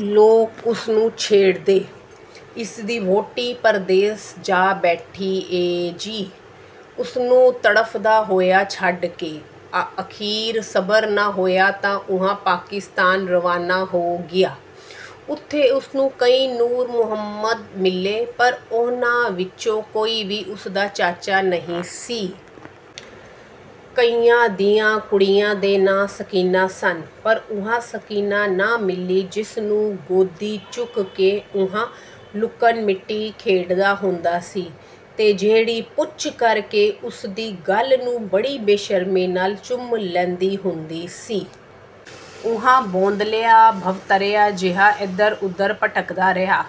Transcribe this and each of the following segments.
ਲੋਕ ਉਸਨੂੰ ਛੇੜਦੇ, 'ਇਸਦੀ ਵਹੂਟੀ ਪਰਦੇਸ ਜਾ ਬੈਠੀ ਏ ਜੀ, ਇਸਨੂੰ ਤੜਫਦਾ ਹੋਇਆ ਛੱਡ ਕੇ।' ਅਖੀਰ ਸਬਰ ਨਾ ਹੋਇਆ ਤਾਂ ਉਹ ਪਾਕਿਸਤਾਨ ਰਵਾਨਾ ਹੋ ਗਿਆ। ਉੱਥੇ ਉਸਨੂੰ ਕਈ ਨੂਰ ਮੁਹੰਮਦ ਮਿਲੇ, ਪਰ ਉਹਨਾਂ ਵਿੱਚੋਂ ਕੋਈ ਵੀ ਉਸਦਾ ਚਾਚਾ ਨਹੀਂ ਸੀ। ਕਈਆਂ ਦੀਆਂ ਕੁੜੀਆਂ ਦੇ ਨਾਂ ਸਕੀਨਾ ਸਨ, ਪਰ ਉਹ ਸਕੀਨਾ ਨਾ ਮਿਲੀ ਜਿਸਨੂੰ ਗੋਦੀ ਚੁੱਕ ਕੇ ਉਹ ਲੁਕਣ-ਮੀਟੀ ਖੇਡਦਾ ਹੁੰਦਾ ਸੀ ਤੇ ਜਿਹੜੀ 'ਪੁੱਚ' ਕਰਕੇ ਉਸਦੀ ਗੱਲ੍ਹ ਨੂੰ ਬੜੀ ਬੇਸ਼ਰਮੀ ਨਾਲ ਚੁੰਮ ਲੈਂਦੀ ਹੁੰਦੀ ਸੀ। ਉਹ ਬੌਂਦਲਿਆ-ਭੰਵਤਰਿਆ ਜਿਹਾ ਏਧਰ-ਉਧਰ ਭਟਕਦਾ ਰਿਹਾ।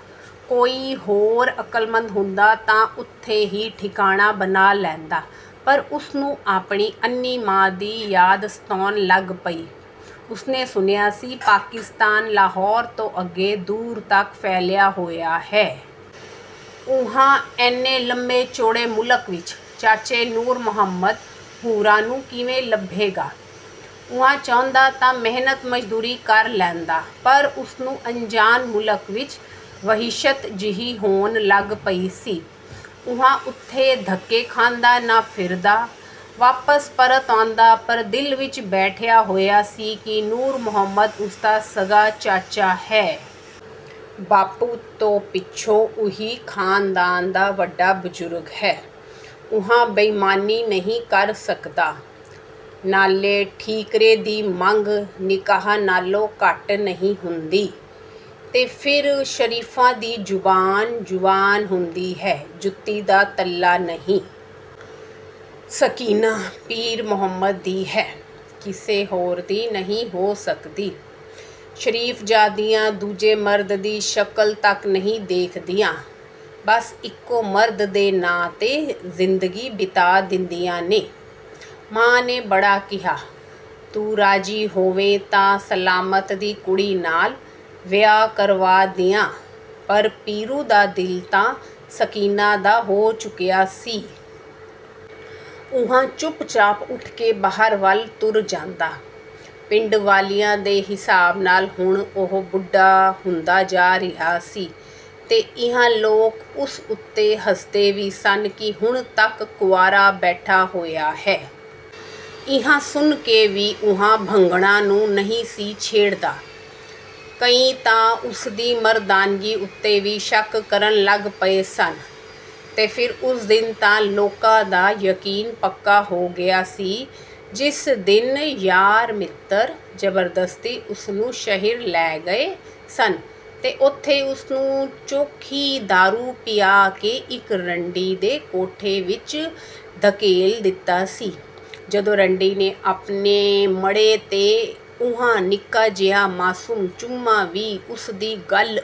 ਕੋਈ ਹੋਰ ਅਕਲਮੰਦ ਹੁੰਦਾ ਤਾਂ ਉੱਥੇ ਹੀ ਠਿਕਾਣਾ ਬਣਾ ਲੈਂਦਾ, ਪਰ ਉਸਨੂੰ ਆਪਣੀ ਅੰਨ੍ਹੀ ਮਾਂ ਦੀ ਯਾਦ ਸਤਾਉਣ ਲੱਗ ਪਈ। ਉਸਨੇ ਸੁਣਿਆ ਸੀ, ਪਾਕਿਸਤਾਨ ਲਾਹੌਰ ਤੋਂ ਅੱਗੇ ਦੂਰ ਤੱਕ ਫੈਲਿਆ ਹੋਇਆ ਹੈ। ਉਹਾ ਏਨੇ ਲੰਮੇ-ਚੌੜੇ ਮੁਲਕ ਵਿੱਚ ਚਾਚੇ ਨੂਰ ਮੁਹੰਮਦ ਹੁਰਾਂ ਨੂੰ ਕਿਵੇਂ ਲੱਭੇਗਾ? ਉਹ ਚਾਹੁੰਦਾ ਤਾਂ ਮਿਹਨਤ-ਮਜ਼ਦੂਰੀ ਕਰ ਲੈਂਦਾ, ਪਰ ਉਸਨੂੰ ਅਣਜਾਣ ਮੁਲਕ ਵਿੱਚ ਵਹਿਸ਼ਤ ਜਿਹੀ ਹੋਣ ਲੱਗ ਪਈ ਸੀ। ਉਹ ਉੱਥੇ ਧੱਕੇ ਖਾਂਦਾ ਨਾ ਫਿਰਦਾ, ਵਾਪਸ ਪਰਤ ਆਉਂਦਾ ਪਰ ਦਿਲ ਵਿੱਚ ਬੈਠਿਆ ਹੋਇਆ ਸੀ ਕਿ ਨੂਰ ਮੁਹੰਮਦ ਉਸਦਾ ਸਗਾ ਚਾਚਾ ਹੈ। ਬਾਪੂ ਤੋਂ ਪਿੱਛੋਂ ਉਹੀ ਖਾਨਦਾਨ ਦਾ ਵੱਡਾ ਬਜ਼ੁਰਗ ਹੈ। ਉਹ ਬੇਈਮਾਨੀ ਨਹੀਂ ਕਰ ਸਕਦਾ। ਨਾਲੇ ਠੀਕਰੇ ਦੀ ਮੰਗ ਨਿਕਾਹ ਨਾਲੋਂ ਘੱਟ ਨਹੀਂ ਹੁੰਦੀ। ਤੇ ਫਿਰ ਸ਼ਰੀਫਾਂ ਦੀ ਜ਼ੁਬਾਨ, ਜ਼ੁਬਾਨ ਹੁੰਦੀ ਹੈ। ਜੁੱਤੀ ਦਾ ਤਲਾ ਨਹੀਂ। ਸਕੀਨਾ ਪੀਰ ਮੁਹੰਮਦ ਦੀ ਹੈ, ਕਿਸੇ ਹੋਰ ਦੀ ਨਹੀਂ ਹੋ ਸਕਦੀ। ਸ਼ਰੀਫ ਜ਼ਾਦੀਆਂ ਦੂਜੇ ਮਰਦ ਦੀ ਸ਼ਕਲ ਤੱਕ ਨਹੀਂ ਦੇਖਦੀਆਂ। ਬੱਸ ਇੱਕੋ ਮਰਦ ਦੇ ਨਾਂ 'ਤੇ ਜ਼ਿੰਦਗੀ ਬਿਤਾ ਦਿੰਦੀਆਂ ਨੇ। ਮਾਂ ਨੇ ਬੜਾ ਕਿਹਾ,"ਤੂੰ ਰਾਜ਼ੀ ਹੋਵੇਂ ਤਾਂ ਸਲਾਮਤ ਦੀ ਕੁੜੀ ਨਾਲ ਵਿਆਹ ਕਰਵਾ ਦਿਆਂ" ਪਰ ਪੀਰੂ ਦਾ ਦਿਲ ਤਾਂ ਸਕੀਨਾ ਦਾ ਹੋ ਚੁੱਕਿਆ ਸੀ। ਉਹਾ ਚੁੱਪ-ਚਾਪ ਉੱਠ ਕੇ ਬਾਹਰ ਵੱਲ ਤੁਰ ਜਾਂਦਾ। ਪਿੰਡ ਵਾਲਿਆਂ ਦੇ ਹਿਸਾਬ ਨਾਲ ਹੁਣ ਉਹ ਬੁੱਢਾ ਹੁੰਦਾ ਜਾ ਰਿਹਾ ਸੀ ਤੇ ਇਹਾ ਲੋਕ ਉਸ ਉੱਤੇ ਹੱਸਦੇ ਵੀ ਸਨ ਕਿ ਹੁਣ ਤੱਕ ਕੁਆਰਾ ਬੈਠਾ ਹੋਇਆ ਹੈ। ਇਹਾ ਸੁਣ ਕੇ ਵੀ ਉਹਾ ਭੰਗਣਾ ਨੂੰ ਨਹੀਂ ਸੀ ਛੇੜਦਾ, ਕਈ ਤਾਂ ਉਸਦੀ ਮਰਦਾਨਗੀ ਉੱਤੇ ਵੀ ਸ਼ੱਕ ਕਰਨ ਲੱਗ ਪਏ ਸਨ ਤੇ ਫਿਰ ਉਸ ਦਿਨ ਤਾਂ ਲੋਕਾਂ ਦਾ ਯਕੀਨ ਪੱਕਾ ਹੋ ਗਿਆ ਸੀ ਜਿਸ ਦਿਨ ਯਾਰ-ਮਿੱਤਰ ਜ਼ਬਰਦਸਤੀ ਉਸਨੂੰ ਸ਼ਹਿਰ ਲੈ ਗਏ ਸਨ ਤੇ ਉੱਥੇ ਉਸਨੂੰ ਚੋਖੀ ਦਾਰੂ ਪਿਆ ਕੇ ਇੱਕ ਰੰਡੀ ਦੇ ਕੋਠੇ ਵਿੱਚ ਧਕੇਲ ਦਿੱਤਾ ਸੀ‌‌, ਜਦੋਂ ਰੰਡੀ ਨੇ ਆਪਣੇ ਮੜ੍ਹੇ ਤੇ ਉਹਾ ਨਿੱਕਾ ਜਿਹਾ ਮਾਸੂਮ ਚੁੰਮਾ ਵੀ ਉਸਦੀ ਗੱਲ੍ਹ।